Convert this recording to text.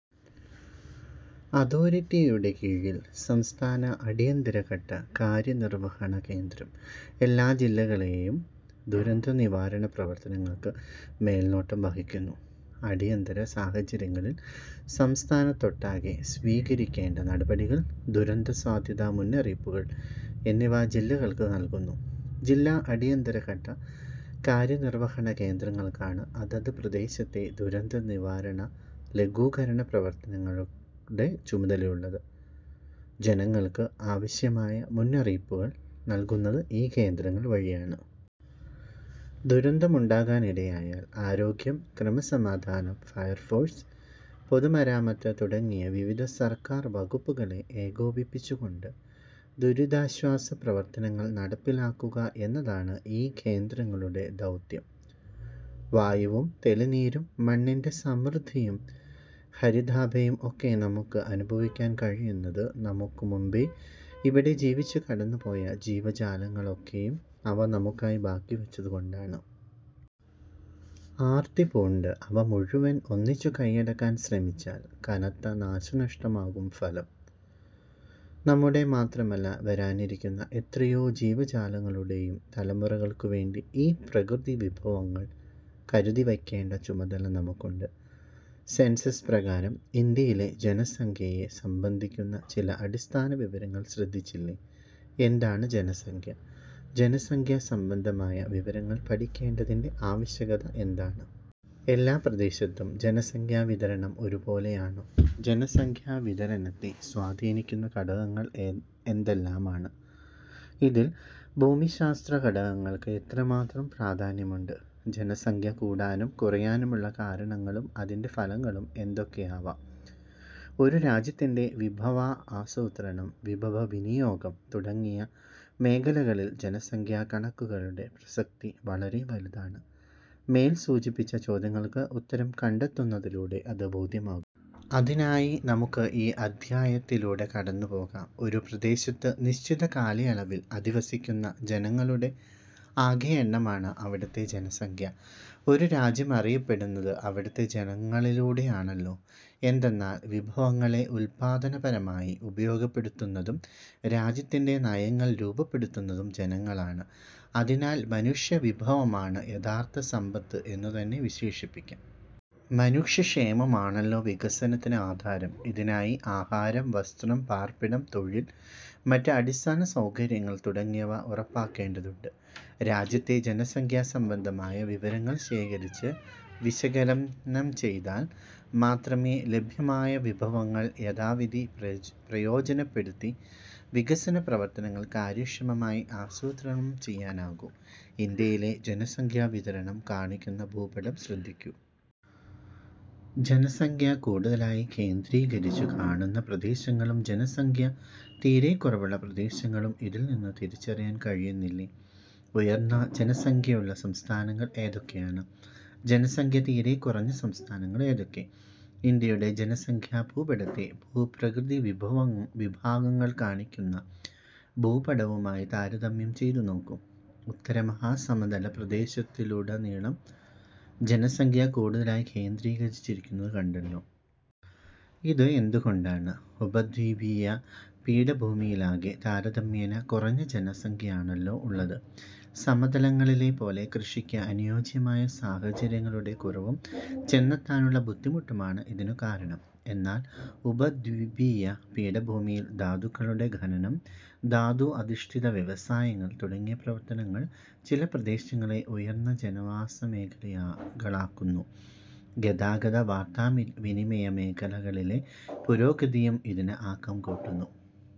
അതോറിറ്റിയുടെ കീഴിൽ സംസ്ഥാന അടിയന്തരഘട്ട കാര്യനിർവഹണ കേന്ദ്രം എല്ലാ ജില്ലകളിലെയും ദുരന്തനിവാരണ പ്രവർത്തനങ്ങൾക്ക് മേൽനോട്ടം വഹിക്കുന്നു. അടിയന്തര സാഹചര്യങ്ങളിൽ സംസ്ഥാനത്തൊട്ടാകെ സ്വീകരിക്കേണ്ട നടപടികൾ, ദുരന്തസാധ്യതാ മുന്നറിയിപ്പുകൾ എന്നിവ ജില്ലകൾക്ക് നൽകുന്നു. ജില്ലാ അടിയന്തരഘട്ട കാര്യനിർവഹണ കേന്ദ്രങ്ങൾക്കാണ് അതത് പ്രദേശത്തെ ദുരന്തനിവാരണ ലഘൂകരണ പ്രവർത്തനങ്ങളുടെ ചുമതലയുള്ളത്. ജനങ്ങൾക്ക് ആവശ്യമായ മുന്നറിയിപ്പുകൾ നൽകുന്നത് ഈ കേന്ദ്രങ്ങൾ വഴിയാണ്. ദുരന്തമുണ്ടാകാനിടയായാൽ ആരോഗ്യം, ക്രമസമാധാനം, ഫയർഫോഴ്സ്, പൊതുമരാമത്ത് തുടങ്ങിയ വിവിധ സർക്കാർ വകുപ്പുകളെ ഏകോപിപ്പിച്ചുകൊണ്ട് ദുരിതാശ്വാസ പ്രവർത്തനങ്ങൾ നടപ്പിലാക്കുക എന്നതാണ് ഈ കേന്ദ്രങ്ങളുടെ ദൗത്യം. വായുവും തെളിനീരും മണ്ണിന്റെ സമൃദ്ധിയും ഹരിതാഭയും ഒക്കെ നമുക്ക് അനുഭവിക്കാൻ കഴിയുന്നത് നമുക്കു മുമ്പേ ഇവിടെ ജീവിച്ചു കടന്നുപോയ ജീവജാലങ്ങളൊക്കെയും അവ നമുക്കായി ബാക്കിവച്ചതുകൊണ്ടാണ്. ആർത്തിപൂണ്ട് അവ മുഴുവൻ ഒന്നിച്ചു കൈയടക്കാൻ ശ്രമിച്ചാൽ കനത്ത നാശനഷ്ടമാകും ഫലം. നമ്മുടെ മാത്രമല്ല, വരാനിരിക്കുന്ന എത്രയോ ജീവജാലങ്ങളുടെയും തലമുറകൾക്കുവേണ്ടി ഈ പ്രകൃതിവിഭവങ്ങൾ കരുതിവയ്ക്കേണ്ട ചുമതല നമുക്കുണ്ട്. സെൻസസ് പ്രകാരം, ഇന്ത്യയിലെ ജനസംഖ്യയെ സംബന്ധിക്കുന്ന ചില അടിസ്ഥാനവിവരങ്ങൾ ശ്രദ്ധിച്ചില്ലേ. എന്താണ് ജനസംഖ്യ? ജനസംഖ്യ സംബന്ധമായ വിവരങ്ങൾ പഠിക്കേണ്ടതിന്റെ ആവശ്യകത എന്താണ്? എല്ലാ പ്രദേശത്തും ജനസംഖ്യാവിതരണം ഒരുപോലെയാണോ? ജനസംഖ്യാവിതരണത്തെ സ്വാധീനിക്കുന്ന ഘടകങ്ങൾ എന്തെല്ലാമാണ്? ഇതിൽ ഭൂമിശാസ്ത്ര ഘടകങ്ങൾക്ക് എത്രമാത്രം പ്രാധാന്യമുണ്ട്? ജനസംഖ്യ കൂടാനും കുറയാനുമുള്ള കാരണങ്ങളും അതിന്റെ ഫലങ്ങളും എന്തൊക്കെയാവാം? ഒരു രാജ്യത്തിന്റെ വിഭവാസൂത്രണം, വിഭവവിനിയോഗം തുടങ്ങിയ മേഖലകളിൽ ജനസംഖ്യാകണക്കുകളുടെ പ്രസക്തി വളരെ വലുതാണ്. മേൽ സൂചിപ്പിച്ച ചോദ്യങ്ങൾക്ക് ഉത്തരം കണ്ടെത്തുന്നതിലൂടെ അത് ബോധ്യമാകും. അതിനായി നമുക്ക് ഈ അധ്യായത്തിലൂടെ കടന്നുപോകാം. ഒരു പ്രദേശത്ത് നിശ്ചിത കാലയളവിൽ അധിവസിക്കുന്ന ജനങ്ങളുടെ ആകെ എണ്ണമാണ് അവിടത്തെ ജനസംഖ്യ. ഒരു രാജ്യം അറിയപ്പെടുന്നത് അവിടത്തെ ജനങ്ങളിലൂടെയാണല്ലോ. എന്തെന്നാൽ, വിഭവങ്ങളെ ഉൽപ്പാദനപരമായി ഉപയോഗപ്പെടുത്തുന്നതും രാജ്യത്തിന്റെ നയങ്ങൾ രൂപപ്പെടുത്തുന്നതും ജനങ്ങളാണ്. അതിനാൽ മനുഷ്യവിഭവമാണ് യഥാർഥ സമ്പത്ത് എന്നുതന്നെ വിശേഷിപ്പിക്കാം. മനുഷ്യക്ഷേമമാണല്ലോ വികസനത്തിന് ആധാരം. ഇതിനായി ആഹാരം, വസ്ത്രം, പാർപ്പിടം. തൊഴിൽ, മറ്റ് അടിസ്ഥാനസൗകര്യങ്ങൾ തുടങ്ങിയവ ഉറപ്പാക്കേണ്ടതുണ്ട്. രാജ്യത്തെ ജനസംഖ്യാസംബന്ധമായ വിവരങ്ങൾ ശേഖരിച്ച് വിശകലനം ചെയ്താൽ മാത്രമേ ലഭ്യമായ വിഭവങ്ങൾ യഥാവിധി പ്രയോജനപ്പെടുത്തി വികസന പ്രവർത്തനങ്ങൾ കാര്യക്ഷമമായി ആസൂത്രണം ചെയ്യാനാകൂ. ഇന്ത്യയിലെ ജനസംഖ്യാവിതരണം കാണിക്കുന്ന ഭൂപടം ശ്രദ്ധിക്കു. ജനസംഖ്യ കൂടുതലായി കേന്ദ്രീകരിച്ചു കാണുന്ന പ്രദേശങ്ങളും ജനസംഖ്യ തീരെ കുറവുള്ള പ്രദേശങ്ങളും ഇതിൽനിന്നു തിരിച്ചറിയാൻ കഴിയുന്നില്ലേ? ഉയർന്ന ജനസംഖ്യയുള്ള സംസ്ഥാനങ്ങൾ ഏതൊക്കെയാണ്? ജനസംഖ്യ തീരെ കുറഞ്ഞ സംസ്ഥാനങ്ങൾ ഏതൊക്കെ? ഇന്ത്യയുടെ ജനസംഖ്യാഭൂപടത്തെ ഭൂപ്രകൃതി വിഭാഗങ്ങൾ കാണിക്കുന്ന ഭൂപടവുമായി താരതമ്യം ചെയ്തുനോക്കൂ. ഉത്തരമഹാസമതല പ്രദേശത്തുടനീളം ജനസംഖ്യ കൂടുതലായി കേന്ദ്രീകരിച്ചിരിക്കുന്നതു കണ്ടല്ലോ. ഇത് എന്തുകൊണ്ടാണ്? ഉപദ്വീപിയ പീഠഭൂമിയിലാകെ താരതമ്യേന കുറഞ്ഞ ജനസംഖ്യയാണല്ലോ ഉള്ളത്. സമതലങ്ങളിലെ പോലെ കൃഷിക്ക് അനുയോജ്യമായ സാഹചര്യങ്ങളുടെ കുറവും ചെന്നെത്താനുള്ള ബുദ്ധിമുട്ടുമാണ് ഇതിനു കാരണം. എന്നാൽ ഉപദ്വീപീയ പീഠഭൂമിയിൽ ധാതുക്കളുടെ ഖനനം, ധാതു അധിഷ്ഠിത വ്യവസായങ്ങൾ തുടങ്ങിയ പ്രവർത്തനങ്ങൾ ചില പ്രദേശങ്ങളെ ഉയർന്ന ജനവാസമേഖലകളാക്കുന്നു. ഗതാഗത-വാർത്താവിനിമയ മേഖല കളിലെ പുരോഗതിയും ഇതിന് ആക്കം കൂട്ടുന്നു.